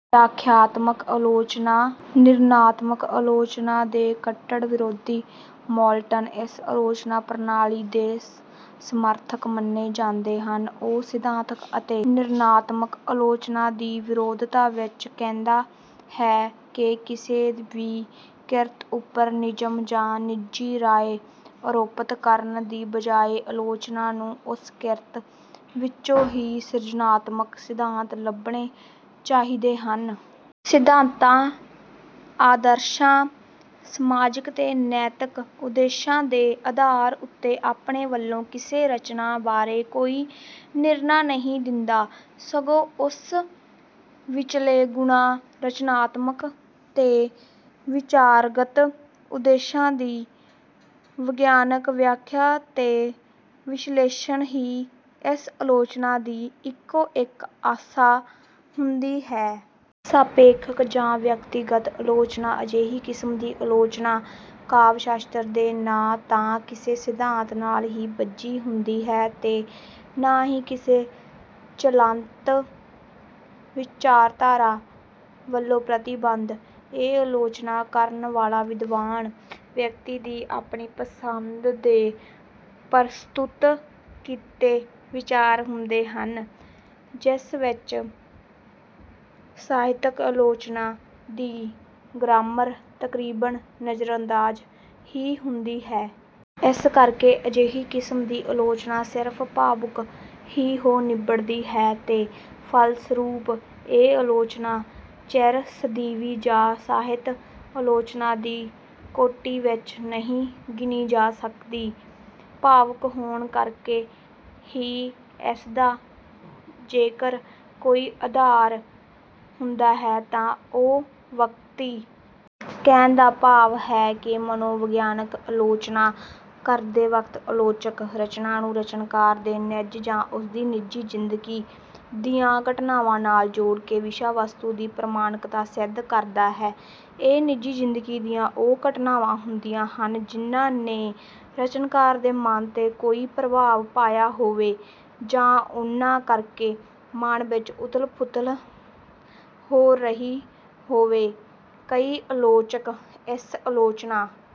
ਵਿਆਖਿਆਤਮਕ ਆਲੋਚਨਾ, ਨਿਰਣਾਤਮਕ ਆਲੋਚਨਾ ਦੇ ਕੱਟੜ ਵਿਰੋਧੀ ਮੌਲਟਨ ਇਸ ਆਲੋਚਨਾ ਪ੍ਰਣਾਲੀ ਦੇ ਸਮਰਥਕ ਮੰਨੇ ਜਾਂਦੇ ਹਨ। ਉਹ ਸਿਧਾਂਤਕ ਅਤੇ ਨਿਰਣਾਤਮਕ ਆਲੋਚਨਾ ਦੀ ਵਿਰੋਧਤਾ ਵਿੱਚ ਕਹਿੰਦਾ ਹੈ ਕਿ ਕਿਸੇ ਵੀ ਕਿਰਤ ਉੱਪਰ ਨਿਯਮ ਜਾਂ ਨਿੱਜੀ ਰਾਏ ਆਰੋਪਿਤ ਕਰਨ ਦੀ ਬਜਾਏ, ਆਲੋਚਨਾ ਨੂੰ ਉਸ ਕਿਰਤ ਵਿੱਚੋਂ ਹੀ ਸਿਰਜਣਾਤਮਕ ਸਿਧਾਂਤ ਲੱਭਣੇ ਚਾਹੀਦੇ ਹਨ। ਸਿਧਾਂਤਾਂ, ਆਦਰਸ਼ਾਂ, ਸਮਾਜਿਕ ਤੇ ਨੈਤਿਕ ਉਦੇਸ਼ਾਂ ਦੇ ਆਧਾਰ ਉੱਤੇ ਆਪਣੇ ਵੱਲੋਂ ਕਿਸੇ ਰਚਨਾ ਬਾਰੇ ਕੋਈ ਨਿਰਣਾ ਨਹੀਂ ਦਿੰਦਾ, ਸਗੋਂ ਉਸ ਵਿੱਚਲੇ ਗੁਣਾਂ, ਰਚਨਾਤਮਕ ਤੇ ਵਿਚਾਰਗਤ ਉਦੇਸ਼ਾਂ ਦੀ ਵਿਗਿਆਨਕ ਵਿਆਖਿਆ ਤੇ ਵਿਸ਼ਲੇਸ਼ਣ ਹੀ ਇਸ ਆਲੋਚਨਾ ਦੀ ਇੱਕੋ ਇੱਕ ਆਸਾ ਹੁੰਦੀ ਹੈ। ਸਾਪੇਖਕ ਜਾਂ ਵਿਅਕਤੀਗਤ ਆਲੋਚਨਾ ਅਜਿਹੀ ਕਿਸਮ ਦੀ ਆਲੋਚਨਾ ਕਾਵਿ-ਸ਼ਾਸਤਰ ਦੇ ਨਾ ਤਾਂ ਕਿਸੇ ਸਿਧਾਂਤ ਨਾਲ ਹੀ ਬੱਝੀ ਹੁੰਦੀ ਹੈ, ਤੇ ਨਾ ਹੀ ਕਿਸੇ ਚਲੰਤ ਵਿਚਾਰਧਾਰਾ ਵੱਲੋਂ ਪ੍ਰਤੀਬੱਧ। ਇਹ ਆਲੋਚਨਾ ਕਰਨ ਵਾਲਾ ਵਿਦਵਾਨ ਵਿਅਕਤੀ ਦੀ ਆਪਣੀ ਪਸੰਦ ਦੇ ਪ੍ਰਸਤੁਤ ਕੀਤੇ ਵਿਚਾਰ ਹੁੰਦੇ ਹਨ, ਜਿਸ ਵਿੱਚ ਸਾਹਿਤਕ ਆਲੋਚਨਾ ਦੀ ਗ੍ਰਾਮਰ ਤਕਰੀਬਨ ਨਜ਼ਰ-ਅੰਦਾਜ਼ ਹੀ ਹੁੰਦੀ ਹੈ। ਇਸ ਕਰਕੇ ਅਜਿਹੀ ਕਿਸਮ ਦੀ ਆਲੋਚਨਾ ਸਿਰਫ਼ ਭਾਵੁਕ ਹੀ ਹੋ ਨਿਬੜਦੀ ਹੈ, ਤੇ ਫਲਸਰੂਪ ਇਹ ਆਲੋਚਨਾ ਚਿਰ-ਸਦੀਵੀ ਜਾਂ ਸਾਹਿਤ ਆਲੋਚਨਾ ਦੀ ਕੋਟੀ ਵਿੱਚ ਨਹੀਂ ਗਿਣੀ ਜਾ ਸਕਦੀ। ਭਾਵੁਕ ਹੋਣ ਕਰਕੇ ਹੀ ਇਸਦਾ ਜੇਕਰ ਕੋਈ ਆਧਾਰ ਹੁੰਦਾ ਹੈ, ਤਾਂ ਉਹ ਵਕਤੀ। ਕਹਿਣ ਦਾ ਭਾਵ ਹੈ ਕਿ ਮਨੋਵਿਗਿਆਨਕ ਆਲੋਚਨਾ ਕਰਦੇ ਵਕਤ ਆਲੋਚਕ ਰਚਨਾ ਨੂੰ ਰਚਨਾਕਾਰ ਦੇ ਨਿੱਜ ਜਾਂ ਉਸਦੀ ਨਿੱਜੀ ਜ਼ਿੰਦਗੀ ਦੀਆਂ ਘਟਨਾਵਾਂ ਨਾਲ ਜੋੜਕੇ ਵਿਸ਼ਾ-ਵਸਤੂ ਦੀ ਪ੍ਰਮਾਣਿਕਤਾ ਸਿੱਧ ਕਰਦਾ ਹੈ। ਇਹ ਨਿੱਜੀ ਜ਼ਿੰਦਗੀ ਦੀਆਂ ਉਹ ਘਟਨਾਵਾਂ ਹੁੰਦੀਆਂ ਹਨ ਜਿਨ੍ਹਾਂ ਨੇ ਰਚਨਾਕਾਰ ਦੇ ਮਨ 'ਤੇ ਕੋਈ ਪ੍ਰਭਾਵ ਪਾਇਆ ਹੋਵੇ, ਜਾਂ ਉਨ੍ਹਾਂ ਕਰਕੇ ਮਨ ਵਿੱਚ ਉੱਥਲ-ਪੁੱਥਲ ਹੋ ਰਹੀ ਹੋਵੇ। ਕਈ ਆਲੋਚਕ ਇਸ ਆਲੋਚਨਾ